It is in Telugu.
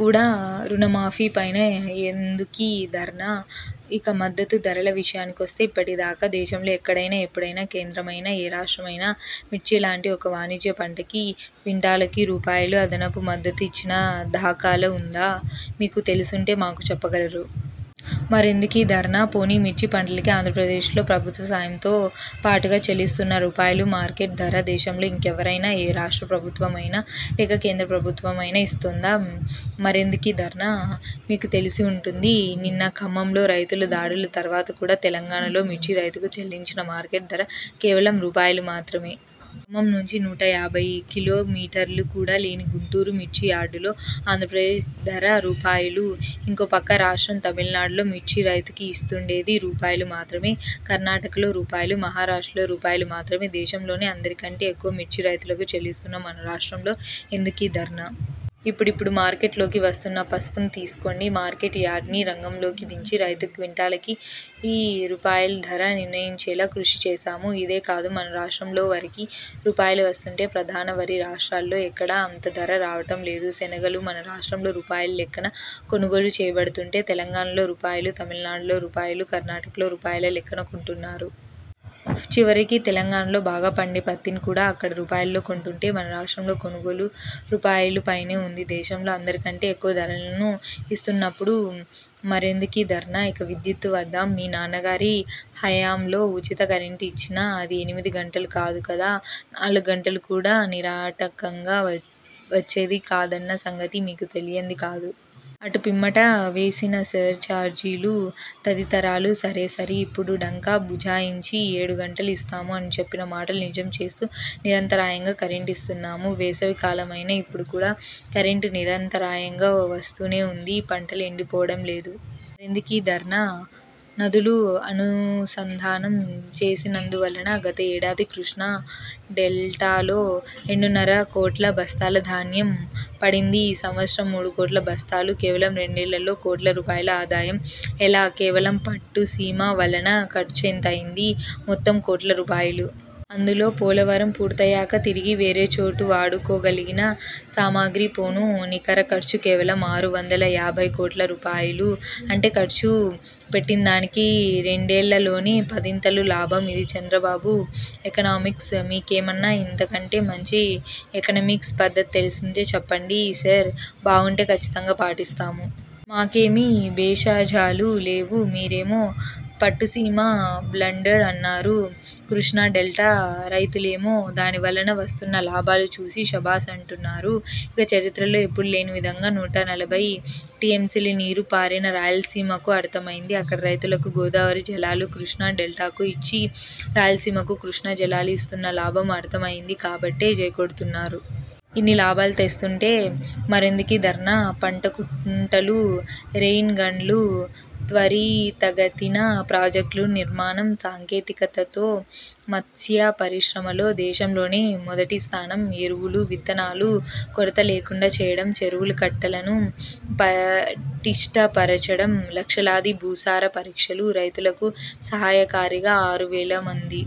కూడా, రుణమాఫీ పైన, ఎందుకీ ధర్నా? ఇక మద్దతు ధరల విషయానికొస్తే, ఇప్పటి దాకా, దేశంలో ఎక్కడైనా, ఎప్పుడైనా, కేంద్రమైనా, ఏ రాష్ట్రమైనా, మిర్చి లాంటి ఒక వాణిజ్య పంటకి, క్వింటాలుకి, రూపాయల అదనపు మద్దతు ఇచ్చిన ధాఖాలు వుందా? మీకు తెలిసుంటే, మాకు చెప్పగలరు. మరెందుకీ ధర్నా? పోనీ మిర్చి పంటకి ఆంద్రప్రదేశ్లో ప్రభుత్వ సాయంతో పాటుగా చెల్లిస్తున్న రూపాయలు మార్కెట్ ధర, దేశంలో ఇంకెవ్వరైనా, ఏ రాష్ట్ర ప్రభుత్వమైనా, లేక కేంద్ర ప్రభుత్వమైనా ఇస్తోందా? మరెందుకీ ధర్నా? మీకు తెలిసే వుంటుంది, నిన్న ఖమ్మంలో రైతుల దాడుల తర్వాత కూడా, తెలంగాణలో మిర్చి రైతుకి చెల్లించిన మార్కెట్ ధర, కేవలం రూపాయలు మాత్రమే! ఖమ్మం నుంచి నూట యాభై కిలో మీటర్లు కూడా లేని గుంటూరు మిర్చి యార్డులో ఆంద్రప్రదేశ్ ధర రూపాయలు. ఇంకో పక్క రాష్ట్రం తమిళనాడులో మిర్చి రైతుకి ఇస్తుండేది రూపాయలు మాత్రమే. కర్ణాటకలో రూపాయలు, మహారాష్ట్రలో రూపాయలు మాత్రమే. దేశంలోనే అందరి కంటే ఎక్కువ మిర్చి రైతులకి చెల్లిస్తున్న మన రాష్ట్రంలో ఎందుకీ ధర్నా? ఇప్పుడిప్పుడే మార్కెట్లోకి వస్తున్న పసుపును తీసుకోండి. మార్కెట్ యార్డ్ని రంగంలోకి దించి, రైతుకి క్వింటాలుకి రూ. ధర నిర్ణయించేలా కృషి చేసాము. ఇదే కాదు, మన రాష్ట్రంలో వరికి రూపాయలు వస్తుంటే ప్రధాన వరి రాష్ట్రాల్లో ఎక్కడా అంత ధర రావటం లేదు. శెనగలు, మన రాష్ట్రంలో రూపాయల లెక్కన కొనుగోలు చేయబడుతుంటే, తెలంగాణలో రూపాయలు, తమిళనాడులో రూపాయలు, కర్ణాటకలో రూపాయల- లెక్కన కొంటున్నారు. చివరికి తెలంగాణలో బాగా పండే పత్తిని కూడా, అక్కడ రూపాయలలో కొంటుంటే, మన రాష్ట్రంలో కొనుగోలు, రూపాయల పైనే వుంది. దేశంలో అందరి కంటే, ఎక్కువ ధరలను ఇస్తున్నప్పుడు, మరెందుకీ ధర్నా? ఇక విద్యుత్కు వద్దాం. మీ నాన్నగారి హయాంలో ఉచిత కరెంటు ఇచ్చినా, అది ఎనిమిది గంటలు కాదు కదా, నాలుగు గంటలు కూడా, నిరాటంకంగా వచ్చేది కాదన్న సంగతి మీకు తెలియంది కాదు. అటు పిమ్మట, వేసిన సర్ చార్జీలు, తదితరాలు సరేసరి. ఇప్పుడు డంకా భజాయించి, ఏడు గంటలు ఇస్తాము అని చెప్పిన మాటని నిజం చేస్తూ, నిరంతరాయంగా కరెంటు ఇస్తున్నాము. వేసవి కాలం అయినా ఇప్పుడు కూడా కరెంటు నిరంతరాయంగా వస్తూనే వుంది. పంటలు ఎండిపోవటం లేదు. మరెందుకీ ధర్నా? నదుల అనుసంధానం చేసినందువలన గత ఏడాది కృష్ణా డెల్టాలో రెండున్నర కోట్ల బస్తాల ధాన్యం పండింది. ఈ సంవత్సరం మూడు కోట్ల బస్తాలు. కేవలం రెండేళ్లలో కోట్ల రూపాయల ఆదాయం. ఎలా? కేవలం పట్టు సీమ వలన ఖర్చెంతయ్యింది? మొత్తం కోట్ల రూపాయలు. అందులో పోలవరం పూర్తయ్యాక తిరిగి వేరే చోట వాడుకోగలిగిన సామాగ్రి పోను నికర ఖర్చు కేవలం ఆరు వందల యాభై కోట్ల రూపాయలు. అంటే ఖర్చు పెట్టిందానికి రెండేళ్ల లోనే పదింతలు లాభం. ఇది చంద్రబాబు ఎకనామిక్స్! మీకేమన్నా ఇంతకంటే మంచి ఎకనమిక్స్ పద్ధతి తెలిసుంటే చెప్పండి సర్, బాగుంటే, ఖచ్చితంగా పాటిస్తాము. మాకేమీ భేషజాలు లేవు. మీరేమో పట్టుసీమ బ్లండర్ అన్నారు. కృష్ణా డెల్టా రైతులేమో, దాని వలన వస్తున్న లాభాలు చూసి శబాష్ అంటున్నారు. ఇక చరిత్రలో ఎప్పుడూ లేని విధంగా నూట నలభై టీఎంసీల నీరు పారిన రాయలసీమకు అర్థమైంది. అక్కడి రైతులకు గోదావరి జలాలు కృష్ణా డెల్టాకు ఇచ్చి, రాయలసీమకు కృష్ణా జలాలు ఇస్తున్న లాభం అర్థం అయింది కాబట్టే, జై కొడుతున్నారు. ఇన్ని లాభాలు తెస్తుంటే, మరెందుకీ ధర్నా? పంట కుంటలు, రెయిన్ గన్లు, త్వరితగతిన ప్రాజెక్టుల నిర్మాణం, సాంకేతికతతో, మత్స్య పరిశ్రమలో దేశంలోనే మొదటి స్థానం, ఎరువులు, విత్తనాల కొరత లేకుండా చేయటం, చెరువుల కట్టలను, పటిష్ట పరచటం, లక్షలాది భూసార పరీక్షలు, రైతులకు సహాయకారిగా, ఆరు వేలమంది